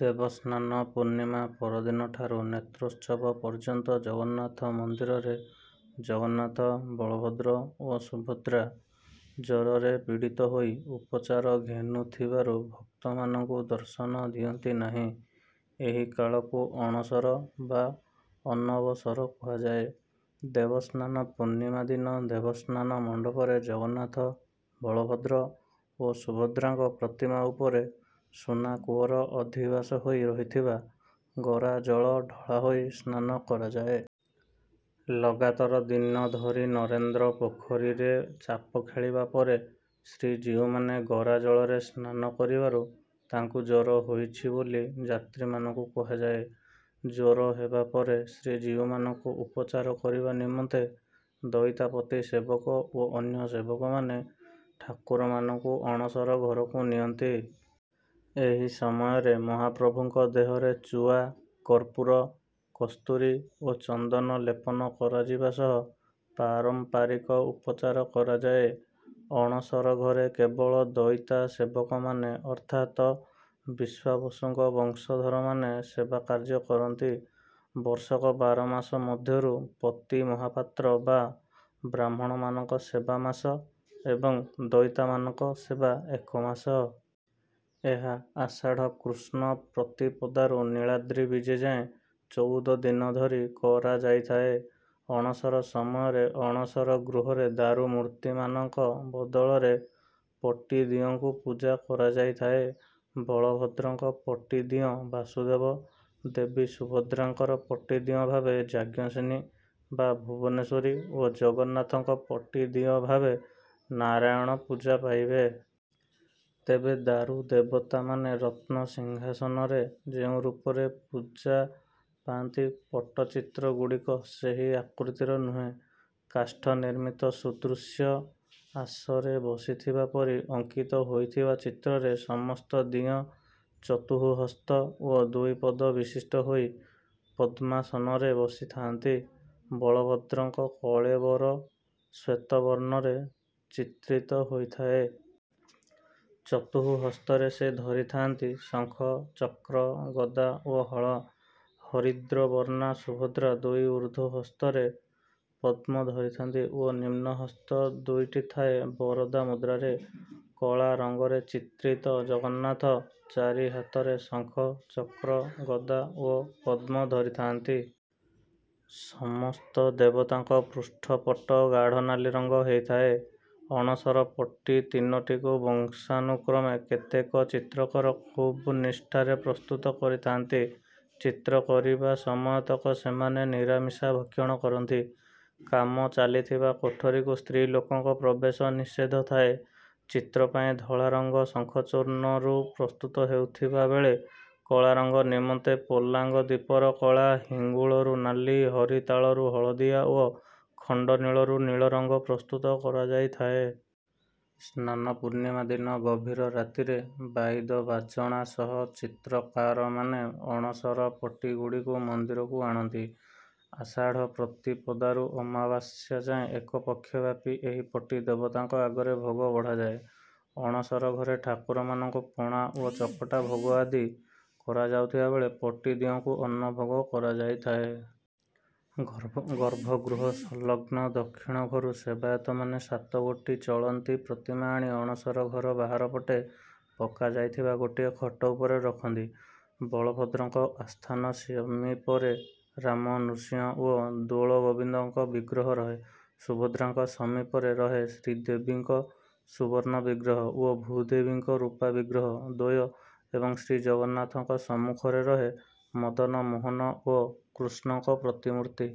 ଦେବସ୍ନାନ ପୂର୍ଣ୍ଣିମା ପରଦିନଠାରୁ ନେତ୍ରୋତ୍ସବ ପର୍ଯ୍ୟନ୍ତ ଜଗନ୍ନାଥ ମନ୍ଦିରରେ ଜଗନ୍ନାଥ, ବଳଭଦ୍ର ଓ ସୁଭଦ୍ରା ଜରରେ ପୀଡ଼ିତ ହୋଇ ଉପଚାର ଘେନୁଥିବାରୁ ଭକ୍ତମାନଙ୍କୁ ଦର୍ଶନ ଦିଅନ୍ତିନାହିଁ। ଏହି କାଳକୁ ଅଣସର ବା ଅନବସର କୁହାଯାଏ। ଦେବସ୍ନାନ ପୂର୍ଣ୍ଣିମା ଦିନ ଦେବସ୍ନାନ ମଣ୍ଡପରେ ଜଗନ୍ନାଥ, ବଳଭଦ୍ର, ଓ ସୁଭଦ୍ରାଙ୍କ ପ୍ରତିମା ଉପରେ ସୁନାକୂଅର ଅଧିବାସ ହୋଇ ରହିଥିବା ଗରା ଜଳ ଢଳାହୋଇ ସ୍ନାନ କରାଯାଏ। ଲଗାତର ଦିନ ଧରି ନରେନ୍ଦ୍ର ପୋଖରୀରେ ଚାପଖେଳିବା ପରେ ଶ୍ରୀଜୀଉମାନେ ଗରା ଜଳରେ ସ୍ନାନ କରିବାରୁ ତାଙ୍କୁ ଜ୍ୱର ହୋଇଛି ବୋଲି ଯାତ୍ରୀମାନଙ୍କୁ କୁହାଯାଏ। ଜ୍ୱର ହେବାପରେ ଶ୍ରୀଜୀଉମାନଙ୍କୁ ଉପଚାର କରିବା ନିମନ୍ତେ ଦଇତାପତି ସେବକ ଓ ଅନ୍ୟ ସେବକମାନେ ଠାକୁରମାନଙ୍କୁ ଅଣସର ଘରକୁ ନିଅନ୍ତି। ଏହି ସମୟରେ ମହାପ୍ରଭୁଙ୍କ ଦେହରେ ଚୁଆ, କର୍ପୁର, କସ୍ତୁରୀ ଓ ଚନ୍ଦନ ଲେପନ କରାଯିବା ସହ ପାରମ୍ପାରିକ ଉପଚାର କରାଯାଏ। ଅଣସର ଘରେ କେବଳ ଦଇତା ସେବକମାନେ ଅର୍ଥାତ ବିଶ୍ୱାବସୁଙ୍କ ବଂଶଧରମାନେ ସେବାକାର୍ଯ୍ୟ କରନ୍ତି। ବର୍ଷକ ବାର ମାସ ମଧ୍ୟରୁ ପତି ମହାପାତ୍ର ବା ବ୍ରାହ୍ମଣମାନଙ୍କ ସେବା ମାସ ଏବଂ ଦଇତାମାନଙ୍କ ସେବା ଏକ ମାସ। ଏହା ଆଷାଢ଼ କୃଷ୍ଣ ପ୍ରତିପଦାରୁ ନୀଳାଦ୍ରୀ ବିଜେ ଯାଏଁ ଚଉଦଦିନ ଧରି କରାଯାଇଥାଏ। ଅଣସର ସମୟରେ ଅଣସର ଗୃହରେ ଦାରୁ ମୂର୍ତ୍ତିମାନଙ୍କ ବଦଳରେ ପଟିଦିଅଁଙ୍କୁ ପୂଜା କରାଯାଇଥାଏ। ବଳଭଦ୍ରଙ୍କ ପଟିଦିଅଁ ବାସୁଦେବ, ଦେବୀ ସୁଭଦ୍ରାଙ୍କର ପଟିଦିଅଁ ଭାବେ ଯାଜ୍ଞସେନୀ ବା ଭୁବନେଶ୍ୱରୀ ଓ ଜଗନ୍ନାଥଙ୍କ ପଟିଦିଅଁ ଭାବେ ନାରାୟଣ ପୂଜା ପାଇବେ। ତେବେ ଦାରୁ ଦେବତାମାନେ ରତ୍ନ ସିଂହାସନରେ ଯେଉଁ ରୂପରେ ପୂଜା ପାଆନ୍ତି ପଟ୍ଟଚିତ୍ର ଗୁଡ଼ିକ ସେହି ଆକୃତିର ନୁହେଁ। କାଷ୍ଠ ନିର୍ମିତ ସୁଦୃଶ୍ୟ ଆସରେ ବସିଥିବା ପରି ଅଙ୍କିତ ହୋଇଥିବା ଚିତ୍ରରେ ସମସ୍ତ ଦିଅଁ ଚତୁଃହସ୍ତ ଓ ଦୁଇପଦ ବିଶିଷ୍ଟ ହୋଇ ପଦ୍ମାସନରେ ବସିଥାଆନ୍ତି। ବଳଭଦ୍ରଙ୍କ କଳେବର ଶ୍ୱେତବର୍ଣ୍ଣରେ ଚିତ୍ରିତ ହେଇଥାଏ। ଚତୁଃହସ୍ତରେ ସେ ଧରିଥାଆନ୍ତି ଶଙ୍ଖ, ଚକ୍ର, ଗଦା ଓ ହଳ। ହରିଦ୍ର ବର୍ଣ୍ଣା ସୁଭଦ୍ରା ଦୁଇ ଉର୍ଦ୍ଧ୍ୱ ହସ୍ତରେ ପଦ୍ମ ଧରିଥାଆନ୍ତି ଓ ନିମ୍ନ ହସ୍ତ ଦୁଇଟି ଥାଏ ବରଦା ମୁଦ୍ରାରେ। କଳା ରଙ୍ଗରେ ଚିତ୍ରିତ ଜଗନ୍ନାଥ ଚାରିହାତରେ ଶଙ୍ଖ, ଚକ୍ର, ଗଦା ଓ ପଦ୍ମ ଧରିଥାଆନ୍ତି। ସମସ୍ତ ଦେବତାଙ୍କ ପୃଷ୍ଠପଟ୍ଟ ଗାଢ଼ନାଲି ରଙ୍ଗ ହେଇଥାଏ। ଅଣସର ପଟି ତିନୋଟିକୁ ବଂଶାନୁକ୍ରମେ କେତେକ ଚିତ୍ରକର ଖୁବ ନିଷ୍ଠାରେ ପ୍ରସ୍ତୁତ କରିଥାଆନ୍ତି। ଚିତ୍ର କରିବା ସମୟତକ ସେମାନେ ନିରାମିଷା ଭକ୍ଷଣ କରନ୍ତି। କାମ ଚାଲିଥିବା କୋଠରୀକୁ ସ୍ତ୍ରୀ ଲୋକଙ୍କ ପ୍ରବେଶ ନିଷେଧ ଥାଏ। ଚିତ୍ର ପାଇଁ ଧଳାରଙ୍ଗ ଶଙ୍ଖଚୂର୍ଣ୍ଣ ରୁ ପ୍ରସ୍ତୁତ ହେଉଥିବା ବେଳେ, କଳାରଙ୍ଗ ନିମନ୍ତେ ପୋଲାଙ୍ଗ ଦୀପର କଳା, ହିଙ୍ଗୁଳରୁ ନାଲି, ହରିତାଳରୁ ହଳଦିଆ ଓ ଖଣ୍ଡନୀଳରୁ ନୀଳ ରଙ୍ଗ ପ୍ରସ୍ତୁତ କରାଯାଇଥାଏ। ସ୍ନାନ ପୂର୍ଣ୍ଣିମା ଦିନ ଗଭୀର ରାତିରେ, ବାଇଦ ବାଜଣା ସହ ଚିତ୍ରକାରମାନେ ଅଣସର ପଟ୍ଟିଗୁଡ଼ିକୁ ମନ୍ଦିରକୁ ଆଣନ୍ତି। ଆଷାଢ଼ ପ୍ରତିପଦାରୁ ଅମାବାସ୍ୟା ଯାଏଁ ଏକ ପକ୍ଷ ବ୍ୟାପି ଏହି ପଟି ଦେବତାଙ୍କ ଆଗରେ ଭୋଗ ବଢ଼ାଯାଏ। ଅଣସର ଘରେ ଠାକୁରମାନଙ୍କୁ ପଣା ଓ ଚକଟା ଭୋଗ ଆଦି କରାଯାଉଥିବା ବେଳେ ପଟିଦିଅଁଙ୍କୁ ଅନ୍ନଭୋଗ କରାଯାଇଥାଏ। ଗର୍ଭଗୃହ ସଂଲଗ୍ନ ଦକ୍ଷିଣ ଘରୁ ସେବାୟତମାନେ ସାତଗୋଟି ଚଳନ୍ତି ପ୍ରତିମା ଆଣି ଅଣସର ଘର ବାହାରପଟେ ପକାଯାଇଥିବା ଗୋଟିଏ ଖଟ ଉପରେ ରଖନ୍ତି। ବଳଭଦ୍ରଙ୍କ ଆସ୍ଥାନ ସମୀପରେ ରାମ, ନୃସିଂହ ଓ ଦୋଳଗୋବିନ୍ଦଙ୍କ ବିଗ୍ରହ ରହେ, ସୁଭଦ୍ରାଙ୍କ ସମୀପରେ ରହେ ଶ୍ରୀଦେବୀ ଙ୍କ ସୁବର୍ଣ୍ଣ ବିଗ୍ରହ ଓ ଭୂଦେବୀ ଙ୍କ ରୂପା ବିଗ୍ରହ ଦ୍ୱୟ ଏବଂ ଶ୍ରୀଜଗନ୍ନାଥଙ୍କ ସମ୍ମୁଖରେ ରହେ ମଦନମୋହନ ଓ କୃଷ୍ଣଙ୍କ ପ୍ରତିମୂର୍ତ୍ତି।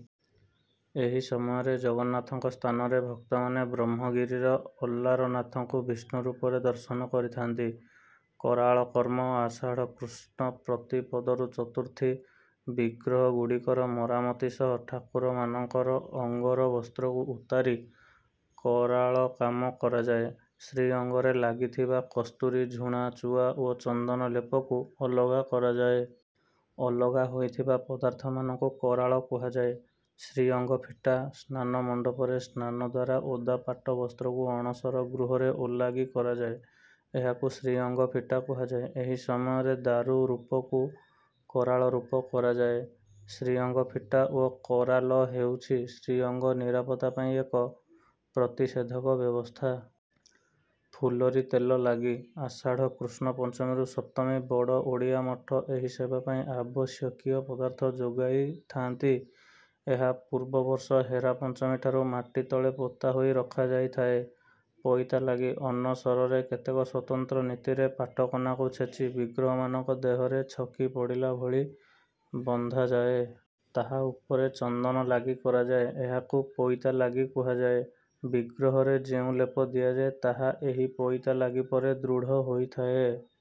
ଏହି ସମୟରେ ଜଗନ୍ନାଥଙ୍କ ସ୍ଥାନରେ ଭକ୍ତମାନେ ବ୍ରହ୍ମଗିରିର ଅଲାରନାଥଙ୍କୁ ବିଷ୍ଣୁରୂପରେ ଦର୍ଶନ କରିଥାନ୍ତି। କରାଳ କର୍ମ: ଆଷାଢ଼ କୃଷ୍ଣ ପ୍ରତିପଦରୁ ଚତୁର୍ଥୀ: ବିଗ୍ରହ ଗୁଡିକର ମରାମତି ସହ ଠାକୁରମାନଙ୍କର ଅଙ୍ଗର ବସ୍ତ୍ରକୁ ଉତାରି କରାଳକାମ କରାଯାଏ। ଶ୍ରୀଅଙ୍ଗରେ ଲାଗିଥିବା କସ୍ତୁରୀ, ଝୁଣା, ଚୁଆ, ଓ ଚନ୍ଦନ ଲେପକୁ ଅଲଗା କରାଯାଏ। ଅଲଗା ହୋଇଥିବା ପଦାର୍ଥମାନଙ୍କୁ "କରାଳ" କୁହାଯାଏ। ଶ୍ରୀଅଙ୍ଗ ଫିଟା: ସ୍ନାନମଣ୍ଡପରେ ସ୍ନାନଦ୍ୱାରା ଓଦା ପାଟ ବସ୍ତ୍ରକୁ ଅଣସର ଗୃହରେ ଓଲାଗି କରାଯାଏ। ଏହାକୁ ଶ୍ରୀଅଙ୍ଗ ଫିଟା କୁହାଯାଏ। ଏହି ସମୟରେ ଦାରୁ ରୂପକୁ କରାଳ ରୂପ କରାଯାଏ। ଶ୍ରୀଅଙ୍ଗ ଫିଟା ଓ କରାଲ ହେଉଛି ଶ୍ରୀଅଙ୍ଗ ନିରାପତ୍ତା ପାଇଁ ଏକ ପ୍ରତିଷେଧକ ବ୍ୟବସ୍ଥା। ଫୁଲରି ତେଲ ଲାଗି: ଆଷାଢ଼ କୃଷ୍ଣ ପଞ୍ଚମୀରୁ ସପ୍ତମୀ: ବଡ଼ ଓଡ଼ିଆ ମଠ ଏହି ସେବା ପାଇଁ ଆବଶ୍ୟକୀୟ ପଦାର୍ଥ ଯୋଗାଇଥାଆନ୍ତି। ଏହା ପୂର୍ବ ବର୍ଷ ହେରା ପଞ୍ଚମୀଠାରୁ ମାଟି ତଳେ ପୋତା ହୋଇ ରଖାଯାଇଥାଏ। ପଇତା ଲାଗି: ଅନସରରେ କେତେକ ସ୍ୱତନ୍ତ୍ର ନୀତିରେ ପାଟକନାକୁ ଛେଚି ବିଗ୍ରହମାନଙ୍କ ଦେହରେ ଛକି ପଡିଲା ଭଳି ବନ୍ଧାଯାଏ। ତାହା ଉପରେ ଚନ୍ଦନ ଲାଗି କରାଯାଏ। ଏହାକୁ ପଇତା ଲାଗି କୁହାଯାଏ। ବିଗ୍ରହରେ ଯେଉଁ ଲେପ ଦିଆଯାଏ ତାହା ଏହି ପଇତା ଲାଗି ପରେ ଦୃଢ଼ ହୋଇଥାଏ।